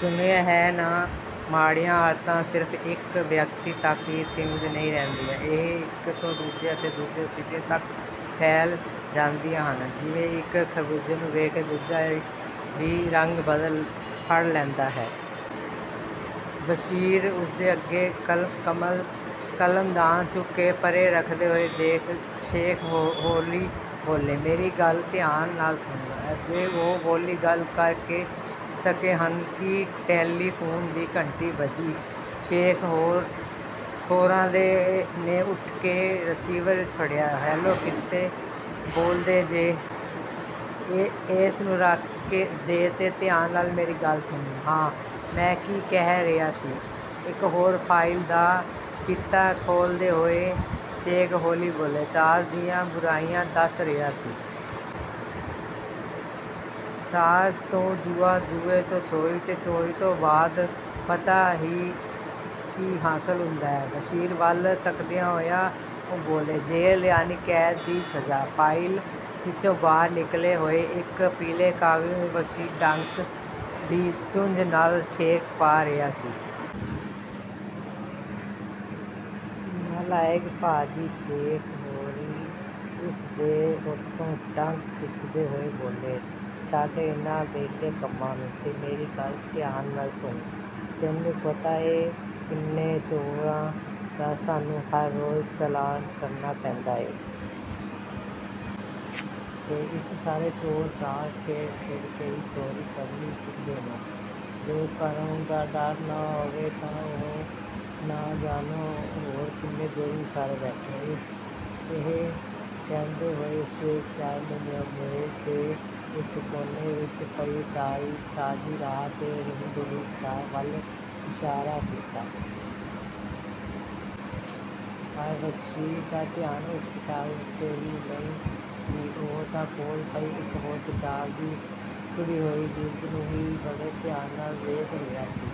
"ਸੁਣਿਆ ਹੈ ਨਾ? ਮਾੜੀਆਂ ਆਦਤਾਂ ਸਿਰਫ਼ ਇੱਕ ਵਿਅਕਤੀ ਤੱਕ ਹੀ ਸੀਮਤ ਨਹੀਂ ਰਹਿੰਦੀਆਂ। ਇਹ ਇੱਕ ਤੋਂ ਦੂਜੇ ਅਤੇ ਦੂਜੇ ਤੋਂ ਤੀਜੇ ਤੱਕ ਫੈਲ ਜਾਂਦੀਆਂ ਹਨ, ਜਿਵੇਂ ਇੱਕ ਖ਼ਰਬੂਜ਼ੇ ਨੂੰ ਵੇਖ ਕੇ ਦੂਜਾ ਵੀ ਰੰਗ ਫੜ ਲੈਂਦਾ ਹੈ।" "ਬਸ਼ੀਰ! " ਉਸ ਦੇ ਅਗੋਂ ਕਲਮਦਾਨ ਚੁੱਕ ਕੇ ਪਰੇ ਰੱਖਦੇ ਹੋਏ ਸ਼ੇਖ ਹੋਰੀਂ ਬੋਲੇ, "ਮੇਰੀ ਗੱਲ ਧਿਆਨ ਨਾਲ ਸੁਣ।" ਅਜੇ ਉਹ ਏਨੀ ਗੱਲ ਕਰ ਸਕੇ ਸਨ ਕਿ ਟੈਲੀਫ਼ੂਨ ਦੀ ਘੰਟੀ ਵੱਜੀ। ਸ਼ੇਖ ਹੋਰਾਂ ਨੇ ਉੱਠ ਕੇ ਰਿਸੀਵਰ ਫੜਿਆ, "ਹੈਲੋ, ਕਿਥੋਂ ਬੋਲਦੇ ਜੇ? ਏਸ ਨੂੰ ਰੱਖ ਦੇ ਤੇ ਧਿਆਨ ਨਾਲ ਮੇਰੀ ਗੱਲ ਸੁਣ। ਹਾਂ, ਮੈਂ ਕੀ ਕਹਿ ਰਿਹਾ ਸੀ? " ਇੱਕ ਹੋਰ ਫਾਈਲ ਦਾ ਫੀਤਾ ਖੋਲ੍ਹਦੇ ਹੋਏ ਸ਼ੇਖ ਹੋਰੀਂ ਬੋਲੇ, "ਤਾਸ਼ ਦੀਆਂ ਬੁਰਾਈਆਂ ਦੱਸ ਰਿਹਾ ਸੀ। ਤਾਸ਼ ਤੋਂ ਜੂਆ, ਜੂਏ ਤੋਂ ਚੋਰੀ, ਤੇ ਚੋਰੀ ਤੋਂ ਬਾਅਦ, ਪਤਾ ਈ ਕੀ ਹਾਸਲ ਹੁੰਦਾ ਏ? " ਬਸ਼ੀਰ ਵੱਲ ਤੱਕਦਿਆਂ ਹੋਇਆਂ ਉਹ ਬੋਲੇ, "ਜੇਲ੍ਹ, ਯਾਨੀ ਕੈਦ ਦੀ ਸਜ਼ਾ।" ਫਾਈਲ ਵਿਚੋਂ ਬਾਹਰ ਨਿਕਲੇ ਹੋਏ ਇੱਕ ਪੀਲੇ ਕਾਗਜ਼ ਨੂੰ ਬਸ਼ੀਰ ਡੰਕ ਦੀ ਚੁੰਝ ਨਾਲ ਛੇਕ ਪਾ ਰਿਹਾ ਸੀ। "ਨਾਲਾਇਕ, ਪਾਜੀ", ਸ਼ੇਖ ਹੋਰੀਂ ਉਸ ਦੇ ਹੱਥੋਂ ਡੰਕ ਖਿੱਚਦੇ ਹੋਏ ਬੋਲੇ, "ਛੱਡ ਇਨ੍ਹਾਂ ਵਿਹਲੇ ਕੰਮਾਂ ਨੂੰ ਤੇ ਮੇਰੀ ਗੱਲ ਧਿਆਨ ਨਾਲ ਸੁਣ। ਤੈਨੂੰ ਪਤਾ ਏ, ਕਿੰਨੇ ਚੋਰਾਂ ਦਾ ਸਾਨੂੰ ਹਰ ਰੋਜ਼ ਚਲਾਨ ਕਰਨਾ ਪੈਂਦਾ ਏ? ਤੇ ਇਹ ਸਾਰੇ ਚੋਰ ਤਾਸ਼ਾਂ ਖੇਡ-ਖੇਡ ਕੇ ਹੀ ਚੋਰੀ ਕਰਨੀ ਸਿੱਖਦੇ ਨੇ। ਜੇ ਕਾਨੂੰਨ ਦਾ ਡਰ ਨਾ ਹੋਵੇ, ਤਾਂ ਉਹ ਨਾ ਜਾਣੇ ਹੋਰ ਕਿੰਨੇ ਜੁਰਮ ਕਰ ਬੈਠਣ।" ਇਹ ਕਹਿੰਦੇ ਹੋਏ ਸ਼ੇਖ਼ ਸਾਹਿਬ ਨੇ ਮੇਜ਼ ਦੇ ਇੱਕ ਕੋਨੇ ਵਿੱਚ ਪਈ 'ਤਾਜ਼ੀਰਾਤ-ਏ-ਹਿੰਦ' ਦੀ ਕਿਤਾਬ ਵੱਲ ਇਸ਼ਾਰਾ ਕੀਤਾ। ਪਰ ਬਸ਼ੀਰ ਦਾ ਧਿਆਨ ਉਸ ਕਿਤਾਬ ਉੱਤੇ ਵੀ ਨਹੀਂ ਸੀ। ਉਹ ਤਾਂ ਕੋਲ ਪਈ ਇੱਕ ਹੋਰ ਕਿਤਾਬ ਦੀ ਉੱਖੜੀ ਹੋਈ ਜਿਲਦ ਨੂੰ ਹੀ ਬੜੇ ਧਿਆਨ ਨਾਲ ਵੇਖ ਰਿਹਾ ਸੀ।